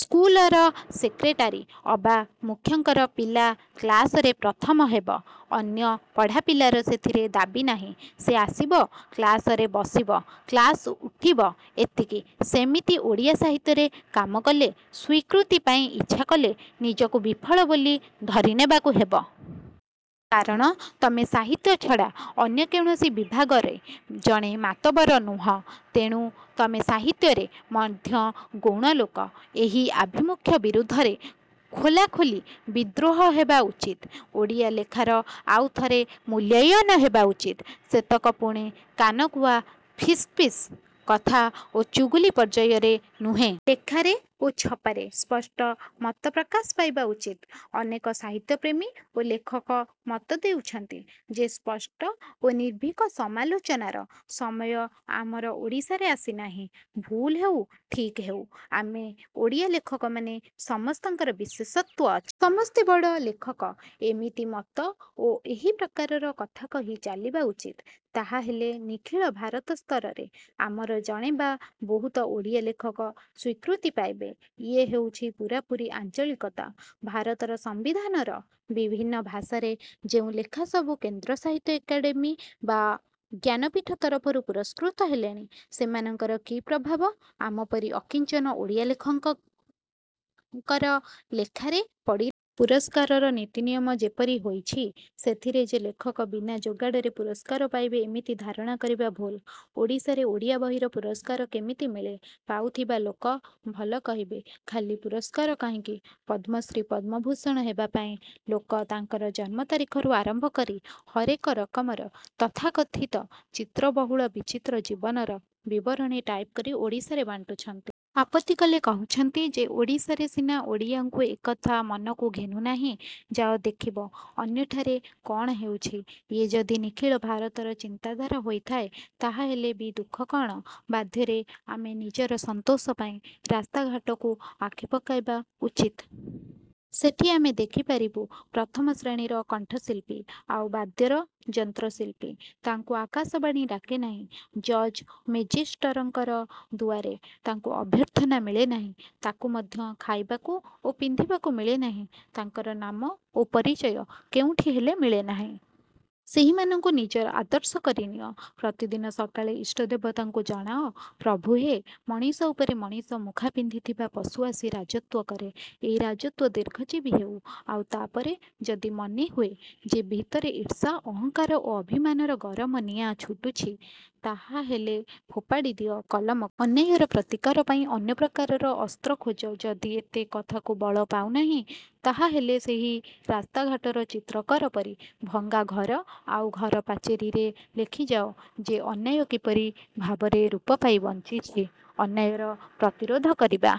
ସ୍କୁଲର ସେକ୍ରେଟାରୀ ଅବା ମୁଖ୍ୟଙ୍କର ପିଲା କ୍ଲାସରେ ପ୍ରଥମ ହେବ। ଅନ୍ୟ ପଢ଼ା ପିଲାର ସେଥିରେ ଦାବୀ ନାହିଁ। ସେ ଆସିବ-କ୍ଲାସରେ ବସିବ କ୍ଲାସ ଉଠିବ-ଏତିକି। ସେମିତି ଓଡ଼ିଆ ସାହିତ୍ୟରେ କାମ କଲେ ସ୍ୱୀକୃତି ପାଇଁ ଇଚ୍ଛା କଲେ ନିଜକୁ ବିଫଳ ବୋଲି ଧରିନେବାକୁ ହେବ। କାରଣ ତମେ ସାହିତ୍ୟ ଛଡ଼ା ଅନ୍ୟ କୌଣସି ବିଭାଗରେ ଜଣେ ମାତବର ନୁହଁ। ତେଣୁ ତମେ ସାହିତ୍ୟରେ ମଧ୍ୟ ଗୌଣ ଲୋକ। ଏହି ଆଭିମୁଖ୍ୟ ବିରୁଦ୍ଧରେ ଖୋଲାଖୋଲି ବିଦ୍ରୋହ ହେବା ଉଚିତ୍। ଓଡ଼ିଆ ଲେଖାର ଆଉ ଥରେ ମୂଲ୍ୟାୟନ ହେବା ଉଚିତ୍। ସେତକ ପୁଣି କାନକୁହା ଫିସ୍ଫିସ୍ କଥା ଓ ଚୁଗୁଲି ପର୍ଯ୍ୟାୟରେ ନୁହେଁ। ଲେଖାରେ ଓ ଛପାରେ ସ୍ପଷ୍ଟ ମତ ପ୍ରକାଶ ପାଇବା ଉଚିତ୍। ଅନେକ ସାହିତ୍ୟପ୍ରେମୀ ଓ ଲେଖକ ମତ ଦେଉଛନ୍ତି ଯେ ସ୍ପଷ୍ଟ ଓ ନିର୍ଭୀକ ସମାଲୋଚନାର ସମୟ ଆମର ଓଡ଼ିଶାରେ ଆସି ନାହିଁ। ଭୁଲ୍ ହେଉ ଠିକ୍ ହେଉ ଆମେ ଓଡ଼ିଆ ଲେଖକମାନେ ସମସ୍ତଙ୍କର ବିଶେଷତ୍ୱ ଅଛି। ସମସ୍ତେ ବଡ଼ ଲେଖକ-ଏମିତି ମତ ଓ ଏହି ପ୍ରକାରର କଥା କହି ଚାଲିବା ଉଚିତ୍। ତାହାହେଲେ ନିଖିଳ ଭାରତ ସ୍ତରରେ ଆମର ଜଣେ ବା ବହୁତ ଓଡ଼ିଆ ଲେଖକ ସ୍ୱୀକୃତି ପାଇବେ। ଇଏ ହେଉଛି ପୂରାପୂରି ଆଞ୍ଚଳିକତା। ଭାରତର ସମ୍ୱିଧାନର ବିଭିନ୍ନ ଭାଷାରେ ଯେଉଁ ଲେଖା ସବୁ କେନ୍ଦ୍ର ସାହିତ୍ୟ ଏକାଡେମି ବା ଜ୍ଞାନପୀଠ ତରଫରୁ ପୁରସ୍କୃତ ହେଲାଣି ସେମାନଙ୍କର କି ପ୍ରଭାବ ଆମପରି ଅକିଞ୍ଚନ ଓଡ଼ିଆ ଲେଖକଙ୍କର ଲେଖାରେ ପଡ଼ିଲା? ପୁରସ୍କାରର ନୀତି ନିୟମ ଯେପରି ହୋଇଛି ସେଥିରେ ଯେ ଲେଖକ ବିନା ଯୋଗାଡ଼ରେ ପୁରସ୍କାର ପାଇବ-ଏମିତି ଧାରଣା କରିବା ଭୁଲ୍। ଓଡ଼ିଶାରେ ଓଡ଼ିଆ ବହିର ପୁରସ୍କାର କେମିତି ମିଳେ-ପାଉଥିବା ଲୋକ ଭଲ କହିବେ। ଖାଲି ପୁରସ୍କାର କାହିଁକି ପଦ୍ମଶ୍ରୀ ପଦ୍ମଭୂଷଣ ହେବା ପାଇଁ ଲୋକ ତାଙ୍କର ଜନ୍ମ ତାରିଖରୁ ଆରମ୍ଭ କରି ହରେକ ରକମର ତଥାକଥିତ ଚିତ୍ରବହୁଳ ବିଚିତ୍ର ଜୀବନର ବିବରଣୀ ଟାଇପ କରି ଓଡ଼ିଶାରେ ବାଣ୍ଟୁଛନ୍ତି। ଆପତ୍ତି କଲେ କହୁଛନ୍ତି ଯେ ଓଡ଼ିଶାରେ ସିନା ଓଡ଼ିଆଙ୍କୁ ଏକଥା ମନକୁ ଘେନୁ ନାହିଁ। ଯାଅ ଦେଖିବ ଅନ୍ୟଠାରେ କ'ଣ ହେଉଛି? ଇଏ ଯଦି ନିଖିଳ ଭାରତର ଚିନ୍ତାଧାରା ହୋଇଥାଏ ତାହାହେଲେ ବି ଦୁଃଖ କ'ଣ? ବାଧ୍ୟରେ ଆମେ ନିଜର ସନ୍ତୋଷ ପାଇଁ ରାସ୍ତାଘାଟକୁ ଆଖି ପକାଇବା ଉଚିତ୍। ସେଠି ଆମେ ଦେଖି ପାରିବୁ ପ୍ରଥମ ଶ୍ରେଣୀର କଣ୍ଠଶିଳ୍ପୀ ଆଉ ବାଦ୍ୟର ଯନ୍ତ୍ର-ଶିଳ୍ପୀ। ତାଙ୍କୁ ଆକାଶବାଣୀ ଡାକେ ନାହିଁ। ଜଜ୍ ମେଜେଷ୍ଟରଙ୍କର ଦୁଆରେ ତାଙ୍କୁ ଅଭ୍ୟର୍ଥନା ମିଳେ ନାହିଁ। ତାକୁ ମଧ୍ୟ ଖାଇବାକୁ ଓ ପିନ୍ଧିବାକୁ ମିଳେ ନାହିଁ। ତାଙ୍କର ନାମ ଓ ପରିଚୟ କେଉଁଠି ହେଲେ ମିଳେ ନାହିଁ। ସେହିମାନଙ୍କୁ ନିଜର ଆଦର୍ଶ କରି ନିଅ। ପ୍ରତିଦିନ ସକାଳେ ଇଷ୍ଟଦେବଙ୍କୁ ଜଣାଅ-ପ୍ରଭୁ ହେ! ମଣିଷ ଉପରେ ମଣିଷ ମୁଖା ପିନ୍ଧିଥିବା ପଶୁ ଆସି ରାଜତ୍ୱ କରେ। ଏଇ ରାଜତ୍ୱ ଦୀର୍ଘଜୀବୀ ହେଉ। ଆଉ ତା'ପରେ ଯଦି ମନେ ହୁଏ ଯେ ଭିତରେ ଈର୍ଷା, ଅହଙ୍କାର ଓ ଅଭିମାନର ଗରମ ନିଆଁ ଛୁଟୁଛି ତାହାହେଲେ ଫୋପାଡ଼ି ଦିଅ କଲମକୁ। ଅନ୍ୟାୟର ପ୍ରତିକାର ପାଇଁ ଅନ୍ୟପ୍ରକାରର ଅସ୍ତ୍ର ଖୋଜ। ଯଦି ଏତେ କଥାକୁ ବଳପାଉ ନାହିଁ ତାହାହେଲେ ସେହି ରାସ୍ତାଘାଟର ଚିତ୍ରକର ପରି ଭଙ୍ଗା ଘର ଆଉ ଘର ପାଚେରିରେ ଲେଖି ଯାଅ ଯେ ଅନ୍ୟାୟ କିପରି ଭାବରେ ରୂପ ପାଇ ବଞ୍ଚିଛି-। ଅନ୍ୟାୟର ପ୍ରତିରୋଧ କରିବା